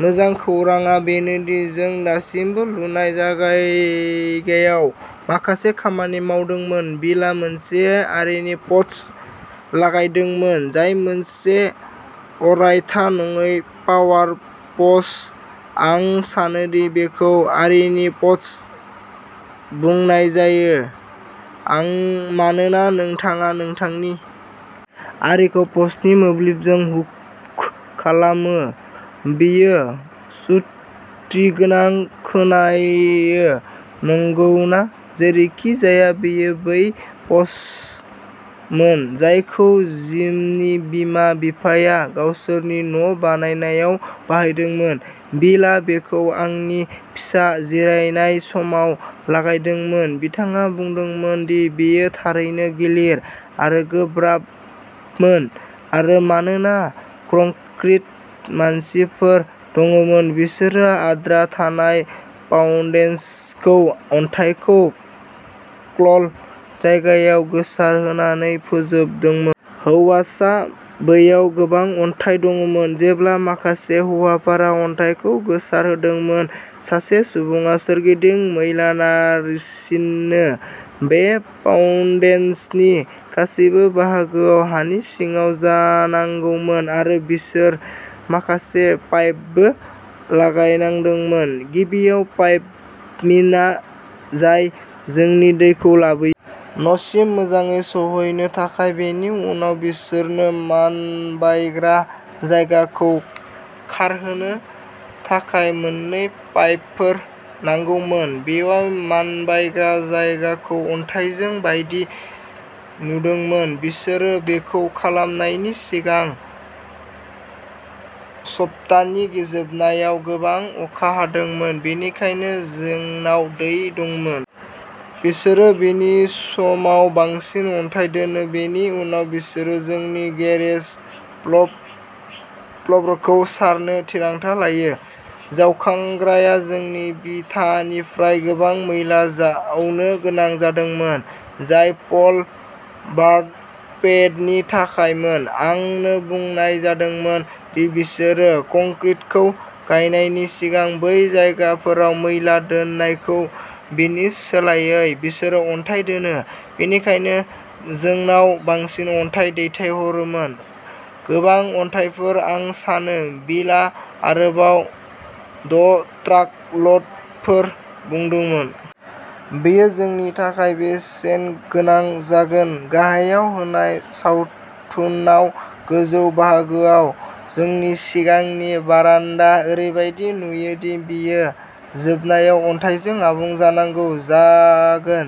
मोजां खौरांआ बेनो दि जों दासिमबो लुनाय जायगायाव माखासे खामानि मावदोंमोन बिलआ मोनसे आरीनि पस्ट लागायदोंमोन जाय मोनसे अरायथा नङै पावार पस्ट आं सानो दि बेखौ आरीनि पस्ट बुंनाय जायो आं मानोना नोंथाङा नोंथांनि आरीखौ पस्टनि मोब्लिबजों हुक खालामो बेयो जुक्तिगोनां खोनायो नंगौना जेरैखिजाया बेयो बै पस्टमोन जायखौ जिमनि बिमा बिफाया गावसोरनि न'बानायनायाव बाहायदोंमोन बिलआ बेखौ आंनि फिसा जिरायनाय समाव लागायदोंमोन बिथाङा बुंदोंमोन दि बेयो थारैनो गिलिर आरो गोब्राबमोन आरो मानोना कंक्रिटनि मानसिफोर दंमोन बिसोरो आद्रा थानाय फाउन्डेशनखौ अन्थाइखौ क्रल जायगायाव गोसारहोनानै फोजोबदोंमोन। हौवासाआ बैयाव गोबां अन्थाइ दंमोन जेब्ला माखासे हौवाफोरा अन्थाइखौ गोसारहोदोंमोन सासे सुबुङा सोरगिदिं मैला नारसिनो! बे फाउन्डेशननि गासैबो बाहागोआ हानि सिङाव जानांगौमोन आरो बिसोरो माखासे पाइपबो लागायनांदोंमोन गिबियाव पाइपमोन जाय जोंनि दैखौ लाबोगोन न'सिम मोजाङै सौहैनो थाखाय बेनि उनाव बिसोरनो मानबायग्रा जायगाखौ खारहोनो थाखाय मोननै पाइपफोर नांगौमोन बेयाव मानबायग्रा जायगाखौ अन्थाइजों बायदि नुदोंमोन बिसोर बेखौ खालामनायनि सिगां सप्तानि जोबनायाव गोबां अखा हादोंमोन बेनिखायनो जोंनाव दै दंमोन बिसोरो बेनि सायाव बांसिन अन्थाइ दोनो बेनि उनाव बिसोरो जोंनि गेरेज फ्ल'रखौ सारनो थिरांथा लायो जावखांग्राया जोंनि बिथानिफ्राय गोबां मैला जावनो गोनां जादोंमोन जाय प'ल बार्न पेडनि थाखायमोन आंनो बुंनाय जादोंमोन दि बिसोरो कंक्रिटखौ गायनायनि सिगां बै जायगाफोराव मैला दोनाखै बिनि सोलायै बिसोरो अन्थाइ दोनो बेनिखायनो जोंनाव बांसिन अन्थाइ दैथायहरोमोन गोबां अन्थाइफोर आं सानो बिलआ आरोबाव द' ट्राक ल'डफोर बुंदोंमोन। बेयो जोंनि थाखाय बेसेन गोनां जागोन गाहायाव होनाय सावथुनाव गोजौ बाहागोआ जोंनि सिगांनि बारान्दा ओरैबायदि नुयो दि बेयो जोबनायाव अन्थाइजों आबुं जानांगौ जागोन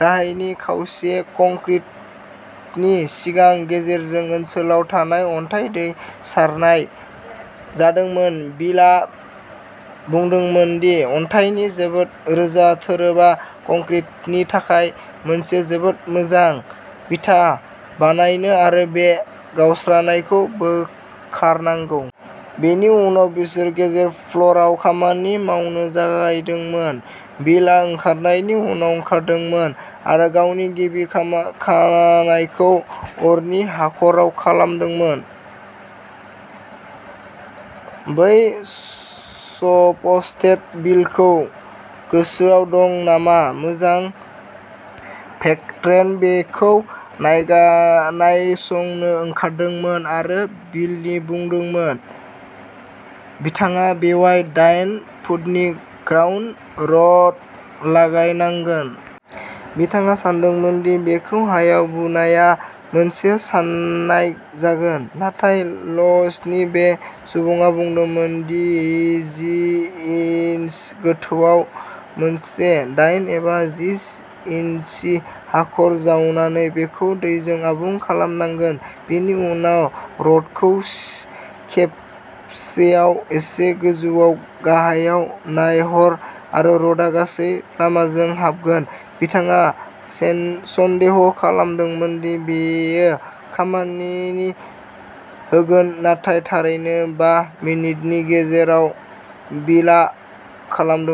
गाहायनि खावसेया कंक्रिटनि सिगां गेरेज ओनसोलाव थानाय अन्थाइ दै सारनाय जादोंमोन बिलआ बुंदोंमोन दि अन्थाइनि जोबोद रोजा थोरोबआ कंक्रिटनि थाखाय मोनसे जोबोद मोजां बिथा बानायो आरो बे गावस्रानायखौ बोखारनांगौ। बेनि उनाव बिसोरो गेरेज फ्ल'रआव खामानि मावनो जागायदोंमोन। बिलआ ओंखारनायनि उनाव ओंखारदोंमोन आरो गावनि गिबि खामनायखौ अरनि हाखराव खालामदोंमोन। बै स'पस्ट बिलखौ गोसोआव दं नामा मोजां भेक्ट्रेनआ बेखौ नायसंनो ओंखारदोंमोन आरो बिलनो बुंदोंमोन दि बिथाङा बेयाव दाइन फुटनि ग्राउन्ड रड लागायनांगोन। बिथाङा सानदोंमोन दि बेखौ हायाव बुनाया मोनसे सानाय जागोन। नाथाय ल'व्सनि बे सुबुङा बुंदोंमोन दि जि इन्सि गोथौआव मोनसे दाइन एबा जि इन्सि हाखर जावनानै बेखौ दैजों आबुं खालामनांगौ। बेनि उनाव रडखौ खेबसेआव एसे गोजौआव गाहायाव नारहर आरो रडआ गासै लामाजों हाबगोन बिथाङा सन्देह खालामदोंमोन दि बेयो खामानि होगोन नाथाय थारैनो बा मिनिटनि गेजेराव बिलआ खालामदोंमोन।